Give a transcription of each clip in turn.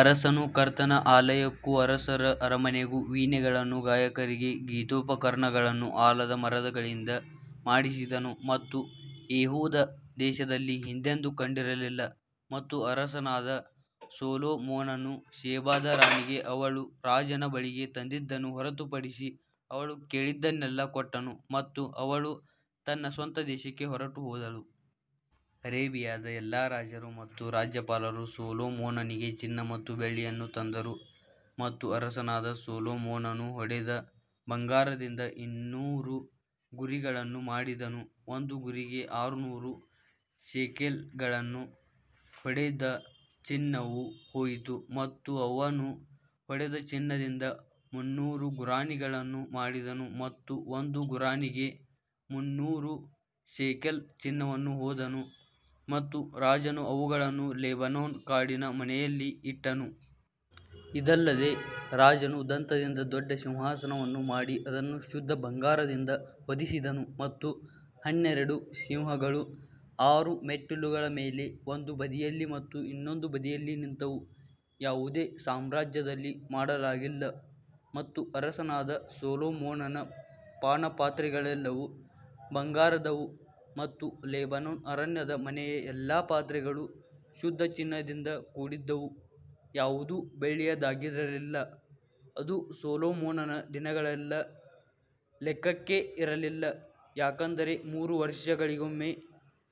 ಅರಸನು ಕರ್ತನ ಆಲಯಕ್ಕೂ ಅರಸರ ಅರಮನೆಗೂ ವೀಣೆಗಳನ್ನೂ ಗಾಯಕರಿಗೆ ಗೀತೋಪಕರಣಗಳನ್ನೂ ಆಲದ ಮರಗಳಿಂದ ಮಾಡಿಸಿದನು ಮತ್ತು ಯೆಹೂದ ದೇಶದಲ್ಲಿ ಹಿಂದೆಂದೂ ಕಂಡಿರಲಿಲ್ಲ. ಮತ್ತು ಅರಸನಾದ ಸೊಲೊಮೋನನು ಶೆಬಾದ ರಾಣಿಗೆ ಅವಳು ರಾಜನ ಬಳಿಗೆ ತಂದಿದ್ದನ್ನು ಹೊರತುಪಡಿಸಿ ಅವಳು ಕೇಳಿದ್ದನ್ನೆಲ್ಲಾ ಕೊಟ್ಟನು ಮತ್ತು ಅವಳು ತನ್ನ ಸ್ವಂತ ದೇಶಕ್ಕೆ ಹೊರಟುಹೋದಳು. ಅರೇಬಿಯಾದ ಎಲ್ಲಾ ರಾಜರು ಮತ್ತು ರಾಜ್ಯಪಾಲರು ಸೊಲೊಮೋನನಿಗೆ ಚಿನ್ನ ಮತ್ತು ಬೆಳ್ಳಿಯನ್ನು ತಂದರು. ಮತ್ತು ಅರಸನಾದ ಸೊಲೊಮೋನನು ಹೊಡೆದ ಬಂಗಾರದಿಂದ ಇನ್ನೂರು ಗುರಿಗಳನ್ನು ಮಾಡಿದನು, ಒಂದು ಗುರಿಗೆ ಆರುನೂರು ಶೆಕೆಲ್ಗಳಷ್ಟು ಹೊಡೆದ ಚಿನ್ನವು ಹೋಯಿತು. ಮತ್ತು ಅವನು ಹೊಡೆದ ಚಿನ್ನದಿಂದ ಮುನ್ನೂರು ಗುರಾಣಿಗಳನ್ನು ಮಾಡಿದನು ಮತ್ತು ಒಂದು ಗುರಾಣಿಗೆ ಮುನ್ನೂರು ಶೇಕೆಲ್ ಚಿನ್ನವನ್ನು ಹೋದನು ಮತ್ತು ರಾಜನು ಅವುಗಳನ್ನು ಲೆಬನೋನ್ ಕಾಡಿನ ಮನೆಯಲ್ಲಿ ಇಟ್ಟನು. ಇದಲ್ಲದೆ ರಾಜನು ದಂತದಿಂದ ದೊಡ್ಡ ಸಿಂಹಾಸನವನ್ನು ಮಾಡಿ ಅದನ್ನು ಶುದ್ಧ ಬಂಗಾರದಿಂದ ಹೊದಿಸಿದನು ಮತ್ತು ಹನ್ನೆರಡು ಸಿಂಹಗಳು ಆರು ಮೆಟ್ಟಿಲುಗಳ ಮೇಲೆ ಒಂದು ಬದಿಯಲ್ಲಿ ಮತ್ತು ಇನ್ನೊಂದು ಬದಿಯಲ್ಲಿ ನಿಂತವು, ಯಾವುದೇ ಸಾಮ್ರಾಜ್ಯದಲ್ಲಿ ಮಾಡಲಾಗಿಲ್ಲ. ಮತ್ತು ಅರಸನಾದ ಸೊಲೊಮೋನನ ಪಾನಪಾತ್ರೆಗಳೆಲ್ಲವೂ ಬಂಗಾರದವು ಮತ್ತು ಲೆಬನೋನ್ ಅರಣ್ಯದ ಮನೆಯ ಎಲ್ಲಾ ಪಾತ್ರೆಗಳು ಶುದ್ಧ ಚಿನ್ನದಿಂದ ಕೂಡಿದ್ದವು ಯಾವುದೂ ಬೆಳ್ಳಿಯದ್ದಾಗಿರಲಿಲ್ಲ, ಅದು ಸೊಲೊಮೋನನ ದಿನಗಳಲ್ಲಿ ಲೆಕ್ಕಕ್ಕೆ ಇರಲಿಲ್ಲ ಯಾಕಂದರೆ ಮೂರು ವರ್ಷಗಳಿಗೊಮ್ಮೆ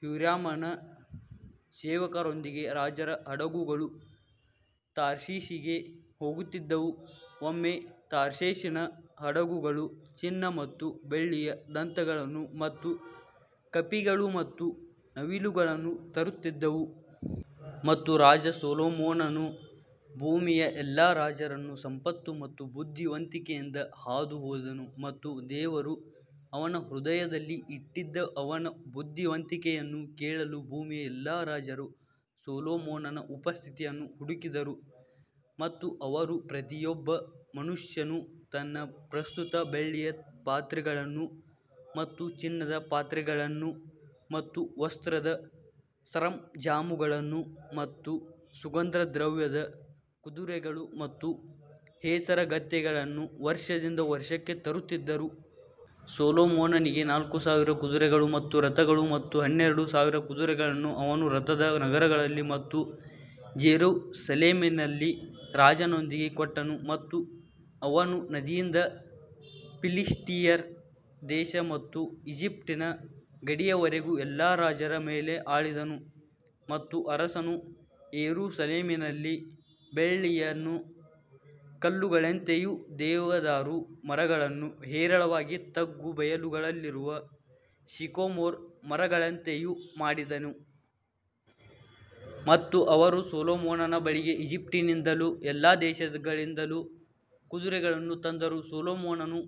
ಹ್ಯೂರಾಮನ ಸೇವಕರೊಂದಿಗೆ ರಾಜರ ಹಡಗುಗಳು ತಾರ್ಷೀಷಿಗೆ ಹೋಗುತ್ತಿದ್ದವು, ಒಮ್ಮೆ ತಾರ್ಷೀಷಿನ ಹಡಗುಗಳು ಚಿನ್ನ ಮತ್ತು ಬೆಳ್ಳಿಯ ದಂತಗಳನ್ನು ಮತ್ತು ಕಪಿಗಳು ಮತ್ತು ನವಿಲುಗಳನ್ನು ತರುತ್ತಿದ್ದವು. ಮತ್ತು ರಾಜ ಸೊಲೊಮೋನನು ಭೂಮಿಯ ಎಲ್ಲಾ ರಾಜರನ್ನು ಸಂಪತ್ತು ಮತ್ತು ಬುದ್ಧಿವಂತಿಕೆಯಿಂದ ಹಾದುಹೋದನು ಮತ್ತು ದೇವರು ಅವನ ಹೃದಯದಲ್ಲಿ ಇಟ್ಟಿದ್ದ ಅವನ ಬುದ್ಧಿವಂತಿಕೆಯನ್ನು ಕೇಳಲು ಭೂಮಿಯ ಎಲ್ಲಾ ರಾಜರು ಸೊಲೊಮೋನನ ಉಪಸ್ಥಿತಿಯನ್ನು ಹುಡುಕಿದರು. ಮತ್ತು ಅವರು ಪ್ರತಿಯೊಬ್ಬ ಮನುಷ್ಯನು ತನ್ನ ಪ್ರಸ್ತುತ ಬೆಳ್ಳಿಯ ಪಾತ್ರೆಗಳನ್ನು ಮತ್ತು ಚಿನ್ನದ ಪಾತ್ರೆಗಳನ್ನು ಮತ್ತು ವಸ್ತ್ರದ ಸರಂಜಾಮುಗಳನ್ನು ಮತ್ತು ಸುಗಂಧದ್ರವ್ಯದ ಕುದುರೆಗಳು ಮತ್ತು ಹೇಸರಗತ್ತೆಗಳನ್ನು ವರ್ಷದಿಂದ ವರ್ಷಕ್ಕೆ ತರುತ್ತಿದ್ದರು. ಸೊಲೊಮೋನನಿಗೆ ನಾಲ್ಕು ಸಾವಿರ ಕುದುರೆಗಳು ಮತ್ತು ರಥಗಳು ಮತ್ತು ಹನ್ನೆರಡು ಸಾವಿರ ಕುದುರೆಗಳನ್ನು ಅವನು ರಥದ ನಗರಗಳಲ್ಲಿ ಮತ್ತು ಜೆರುಸಲೇಮಿನಲ್ಲಿ ರಾಜನೊಂದಿಗೆ ಕೊಟ್ಟನು. ಮತ್ತು ಅವನು ನದಿಯಿಂದ ಫಿಲಿಷ್ಟಿಯರ ದೇಶ ಮತ್ತು ಈಜಿಪ್ಟಿನ ಗಡಿಯವರೆಗೂ ಎಲ್ಲಾ ರಾಜರ ಮೇಲೆ ಆಳಿದನು. ಮತ್ತು ಅರಸನು ಯೆರೂಸಲೇಮಿನಲ್ಲಿ ಬೆಳ್ಳಿಯನ್ನು ಕಲ್ಲುಗಳಂತೆಯೂ ದೇವದಾರು ಮರಗಳನ್ನು ಹೇರಳವಾಗಿ ತಗ್ಗು ಬಯಲುಗಳಲ್ಲಿರುವ ಸಿಕೊಮೊರ್ ಮರಗಳಂತೆಯೂ ಮಾಡಿದನು. ಮತ್ತು ಅವರು ಸೊಲೊಮೋನನ ಬಳಿಗೆ ಈಜಿಪ್ಟಿನಿಂದಲೂ ಎಲ್ಲಾ ದೇಶಗಳಿಂದಲೂ ಕುದುರೆಗಳನ್ನು ತಂದರು ಸೊಲೊಮೋನನು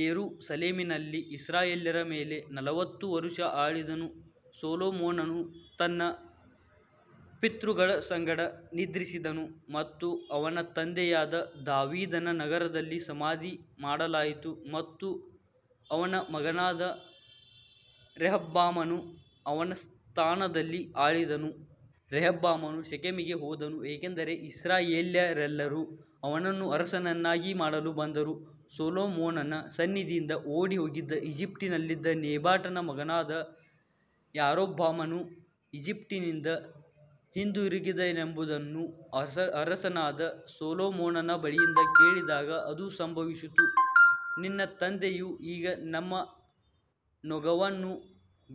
ಯೆರೂಸಲೇಮಿನಲ್ಲಿ ಇಸ್ರಾಯೇಲ್ಯರ ಮೇಲೆ ನಲವತ್ತು ವರುಷ ಆಳಿದನು ಸೊಲೊಮೋನನು ತನ್ನ ಪಿತೃಗಳ ಸಂಗಡ ನಿದ್ರಿಸಿದನು ಮತ್ತು ಅವನ ತಂದೆಯಾದ ದಾವೀದನ ನಗರದಲ್ಲಿ ಸಮಾಧಿ ಮಾಡಲಾಯಿತು ಮತ್ತು ಅವನ ಮಗನಾದ ರೆಹಬ್ಬಾಮನು ಅವನ ಸ್ಥಾನದಲ್ಲಿ ಆಳಿದನು. ರೆಹಬ್ಬಾಮನು ಶೆಕೆಮಿಗೆ ಹೋದನು ಏಕೆಂದರೆ ಇಸ್ರಾಯೇಲ್ಯರೆಲ್ಲರೂ ಅವನನ್ನು ಅರಸನನ್ನಾಗಿ ಮಾಡಲು ಬಂದರು ಸೊಲೊಮೋನನ ಸನ್ನಿಧಿಯಿಂದ ಓಡಿಹೋಗಿದ್ದ ಈಜಿಪ್ಟಿನಲ್ಲಿದ್ದ ನೆಬಾಟನ ಮಗನಾದ ಯಾರೊಬ್ಬಾಮನು ಈಜಿಪ್ಟಿನಿಂದ ಹಿಂದಿರುಗಿದನೆಂಬುದನ್ನು ಅರಸನಾದ ಸೊಲೊಮೋನನ ಬಳಿಯಿಂದ ಕೇಳಿದಾಗ ಅದು ಸಂಭವಿಸಿತು. ನಿನ್ನ ತಂದೆಯು ಈಗ ನಮ್ಮ ನೊಗವನ್ನು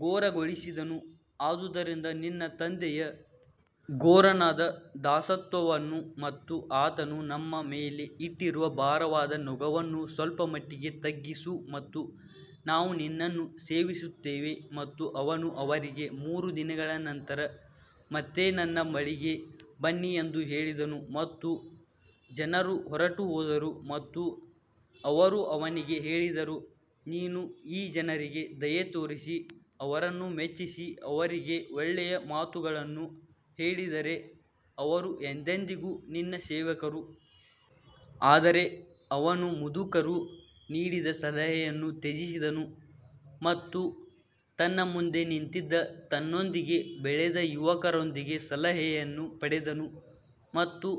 ಘೋರಗೊಳಿಸಿದನು ಆದುದರಿಂದ ನಿನ್ನ ತಂದೆಯ ಘೋರವಾದ ದಾಸತ್ವವನ್ನು ಮತ್ತು ಆತನು ನಮ್ಮ ಮೇಲೆ ಇಟ್ಟಿರುವ ಭಾರವಾದ ನೊಗವನ್ನು ಸ್ವಲ್ಪಮಟ್ಟಿಗೆ ತಗ್ಗಿಸು ಮತ್ತು ನಾವು ನಿನ್ನನ್ನು ಸೇವಿಸುತ್ತೇವೆ ಮತ್ತು ಅವನು ಅವರಿಗೆ ಮೂರು ದಿನಗಳ ನಂತರ ಮತ್ತೆ ನನ್ನ ಬಳಿಗೆ ಬನ್ನಿ ಎಂದು ಹೇಳಿದನು ಮತ್ತು ಜನರು ಹೊರಟುಹೋದರು ಮತ್ತು ಅವರು ಅವನಿಗೆ ಹೇಳಿದರು, ನೀನು ಈ ಜನರಿಗೆ ದಯೆತೋರಿಸಿ ಅವರನ್ನು ಮೆಚ್ಚಿಸಿ ಅವರಿಗೆ ಒಳ್ಳೆಯ ಮಾತುಗಳನ್ನು ಹೇಳಿದರೆ ಅವರು ಎಂದೆಂದಿಗೂ ನಿನ್ನ ಸೇವಕರು. ಆದರೆ ಅವನು ಮುದುಕರು ನೀಡಿದ ಸಲಹೆಯನ್ನು ತ್ಯಜಿಸಿದನು ಮತ್ತು ತನ್ನ ಮುಂದೆ ನಿಂತಿದ್ದ ತನ್ನೊಂದಿಗೆ ಬೆಳೆದ ಯುವಕರೊಂದಿಗೆ ಸಲಹೆಯನ್ನು ಪಡೆದನು. ಮತ್ತು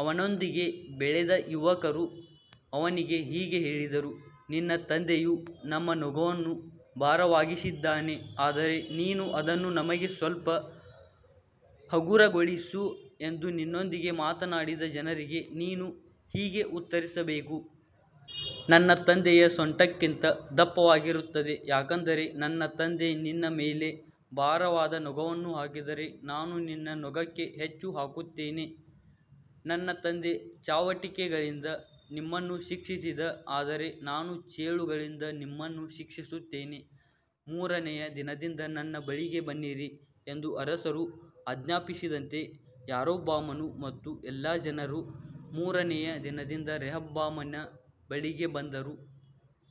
ಅವನೊಂದಿಗೆ ಬೆಳೆದ ಯುವಕರು ಅವನಿಗೆ ಹೀಗೆ ಹೇಳಿದರು, ನಿನ್ನ ತಂದೆಯು ನಮ್ಮ ನೊಗವನ್ನು ಭಾರವಾಗಿಸಿದ್ದಾನೆ ಆದರೆ ನೀನು ಅದನ್ನು ನಮಗೆ ಸ್ವಲ್ಪ ಹಗುರಗೊಳಿಸು ಎಂದು ನಿನ್ನೊಂದಿಗೆ ಮಾತನಾಡಿದ ಜನರಿಗೆ ನೀನು ಹೀಗೆ ಉತ್ತರಿಸಬೇಕು. ನನ್ನ ತಂದೆಯ ಸೊಂಟಕ್ಕಿಂತ ದಪ್ಪವಾಗಿರುತ್ತದೆ ಯಾಕಂದರೆ ನನ್ನ ತಂದೆ ನಿನ್ನ ಮೇಲೆ ಭಾರವಾದ ನೊಗವನ್ನು ಹಾಕಿದರೆ ನಾನು ನಿನ್ನ ನೊಗಕ್ಕೆ ಹೆಚ್ಚು ಹಾಕುತ್ತೇನೆ ನನ್ನ ತಂದೆ ಚಾವಟಿಗಳಿಂದ ನಿಮ್ಮನ್ನು ಶಿಕ್ಷಿಸಿದ ಆದರೆ ನಾನು ಚೇಳುಗಳಿಂದ ನಿಮ್ಮನ್ನು ಶಿಕ್ಷಿಸುತ್ತೇನೆ ಮೂರನೆಯ ದಿನದಲ್ಲಿ ನನ್ನ ಬಳಿಗೆ ಬನ್ನಿರಿ ಎಂದು ಅರಸನು ಆಜ್ಞಾಪಿಸಿದಂತೆ ಯಾರೊಬ್ಬಾಮನು ಮತ್ತು ಎಲ್ಲಾ ಜನರು ಮೂರನೆಯ ದಿನದಲ್ಲಿ ರೆಹಬ್ಬಾಮನ ಬಳಿಗೆ ಬಂದರು.